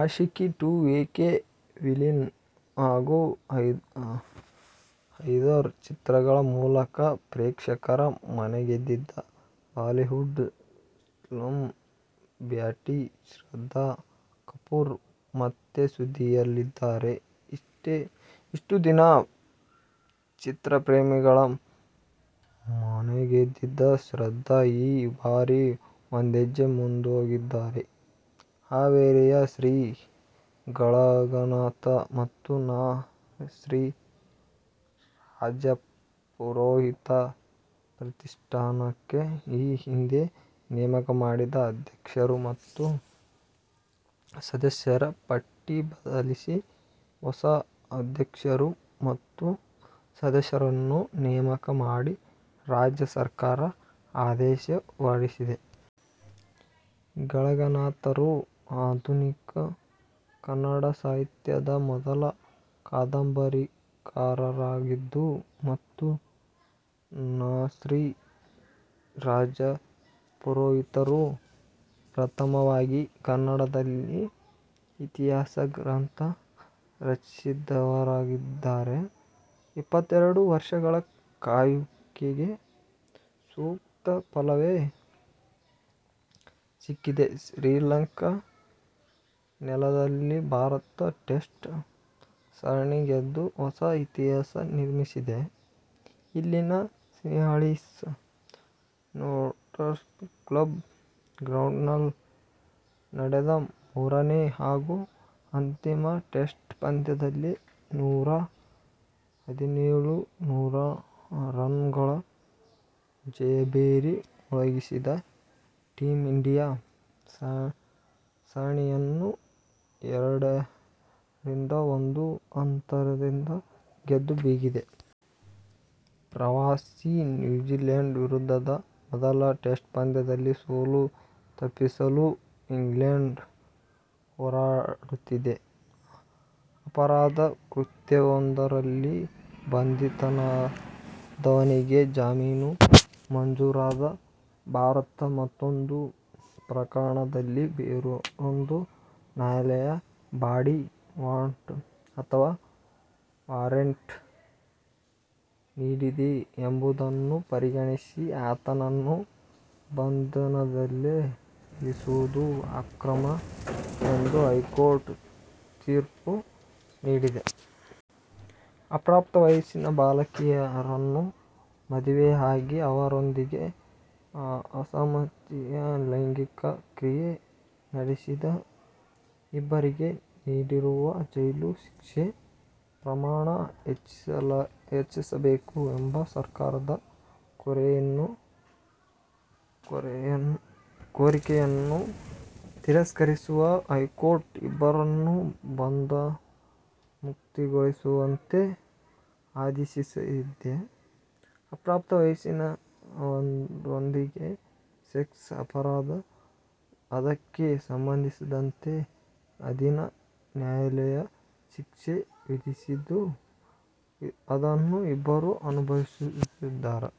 Aashiqui two, Ek villain ಹಾಗೂ ಹೈದರ್ ಚಿತ್ರಗಳ ಮೂಲಕ ಪ್ರೇಕ್ಷಕರ ಮನಗೆದ್ದಿದ್ದ ಬಾಲಿವುಡ್ ಸ್ಲಿಂ ಬ್ಯೂಟಿ ಶ್ರದ್ಧಾ ಕಪೂರ್ ಮತ್ತೆ ಸುದ್ದಿಯಲ್ಲಿದ್ದಾರೆ. ಇಷ್ಟು ದಿನ ಚಿತ್ರಪ್ರೇಮಿಗಳ ಮನಗೆದಿದ್ದ ಶ್ರದ್ದಾ ಈ ಬಾರಿ ಒಂದೆಜ್ಜೆ ಮುಂದೊಗಿದ್ದಾರೆ. ಹಾವೇರಿಯ ಶ್ರೀ ಗಳಗನಾಥ ಮತ್ತು ನಾ. ಶ್ರೀ. ರಾಜಪುರೋಹಿತ ಪ್ರತಿಷ್ಠಾನಕ್ಕೆ ಈ ಹಿಂದೆ ನೇಮಕ ಮಾಡಿದ್ದ ಅಧ್ಯಕ್ಷರು ಮತ್ತು ಸದಸ್ಯರ ಪಟ್ಟಿ ಬದಲಿಸಿ ಹೊಸ ಅಧ್ಯಕ್ಷರು ಮತ್ತು ಸದಸ್ಯರನ್ನು ನೇಮಕ ಮಾಡಿ ರಾಜ್ಯ ಸರ್ಕಾರ ಆದೇಶ ಹೊರಡಿಸಿದೆ. ಗಳಗನಾಥರು ಆಧುನಿಕ ಕನ್ನಡ ಸಾಹಿತ್ಯದ ಮೊದಲ ಕಾದಂಬರಿಕಾರರಾಗಿದ್ದು ಮತ್ತು ನಾ. ಶ್ರೀ. ರಾಜಪುರೋಹಿತರು ಪ್ರಥಮವಾಗಿ ಕನ್ನಡದಲ್ಲಿ ಇತಿಹಾಸ ಗ್ರಂಥ ರಚಿಸಿದವರಾಗಿದ್ದಾರೆ. ಇಪ್ಪತ್ತೆರಡು ವರ್ಷಗಳ ಕಾಯುವಿಕೆಗೆ ಸೂಕ್ತ ಫಲವೇ ಸಿಕ್ಕಿದೆ. ಶ್ರೀಲಂಕಾ ನೆಲದಲ್ಲಿ ಭಾರತ ಟೆಸ್ಟ್ ಸರಣಿ ಗೆದ್ದು ಹೊಸ ಇತಿಹಾಸ ನಿರ್ಮಿಸಿದೆ. ಇಲ್ಲಿನ ಸಿಂಹಳೀಸ್ ನ್ಪೋರ್ಟ್ಸ್ ಕ್ಲಬ್ ಗ್ರೌಂಡ್ನಲ್ಲಿ ನಡೆದ ಮೂರನೇ ಹಾಗೂ ಅಂತಿಮ ಟೆಸ್ಟ್ ಪಂದ್ಯದಲ್ಲಿ ನೂರಾ ಹದಿನೇಳು ರನ್ನುಗಳ ಜಯಭೇರಿ ಮೊಳಗಿಸಿದ ಟೀಮ್ ಇಂಡಿಯಾ, ಸರಣಿಯನ್ನು ಎರಡರಿಂದ ಒಂದು ಅಂತರದಿಂದ ಗೆದ್ದು ಬೀಗಿದೆ. ಪ್ರವಾಸಿ ನ್ಯೂಜಿಲ್ಯಾಂಡ್ ವಿರುದ್ಧದ ಮೊದಲ ಟೆಸ್ಟ್ ಪಂದ್ಯದಲ್ಲಿ ಸೋಲು ತಪ್ಪಿಸಲು ಇಂಗ್ಲೆಂಡ್ ಹೋರಾಡುತ್ತಿದೆ. ಅಪರಾಧ ಕೃತ್ಯವೊಂದರಲ್ಲಿ ಬಂಧಿತನಾದವನಿಗೆ ಜಾಮೀನು ಮಂಜೂರಾದ ನಂತರ ಮತ್ತೊಂದು ಪ್ರಕರಣದಲ್ಲಿ ಬೇರೊಂದು ನ್ಯಾಯಾಲಯ ಬಾಡಿ ವಾರಂಟ್ ಅಥವಾ ವಾರಂಟ್ ನೀಡಿದೆ ಎಂಬುದನ್ನು ಪರಿಗಣಿಸಿ ಆತನನ್ನು ಬಂಧನದಲ್ಲೇ ಇರಿಸುವುದು ಅಕ್ರಮ ಎಂದು ಹೈಕೋರ್ಟ್ ತೀರ್ಪು ನೀಡಿದೆ. ಅಪ್ರಾಪ್ತ ವಯಸ್ಸಿನ ಬಾಲಕಿಯರನ್ನು ಮದುವೆಯಾಗಿ ಅವರೊಂದಿಗೆ ಸಮ್ಮತಿಯ ಲೈಂಗಿಕ ಕ್ರಿಯೆ ನಡೆಸಿದ ಇಬ್ಬರಿಗೆ ನೀಡಿರುವ ಜೈಲು ಶಿಕ್ಷೆ ಪ್ರಮಾಣ ಹೆಚ್ಚಿಸಬೇಕು ಎಂಬ ಸರ್ಕಾರದ ಕೋರಿಕೆಯನ್ನು ತಿರಸ್ಕರಿಸಿರುವ ಹೈಕೋರ್ಟ್, ಇಬ್ಬರನ್ನೂ ಬಂಧಮುಕ್ತಗೊಳಿಸುವಂತೆ ಆದೇಶಿಸಿದೆ. ಅಪ್ರಾಪ್ತ ವಯಸ್ಸಿನವರೊಂದಿಗೆ ಸೆಕ್ಸ್ ಅಪರಾಧ. ಅದಕ್ಕೆ ಸಂಬಂಧಿಸಿದಂತೆ ಅಧೀನ ನ್ಯಾಯಾಲಯ ಶಿಕ್ಷೆ ವಿಧಿಸಿದ್ದು, ಅದನ್ನು ಇಬ್ಬರೂ ಅನುಭವಿಸಿದ್ದಾರೆ.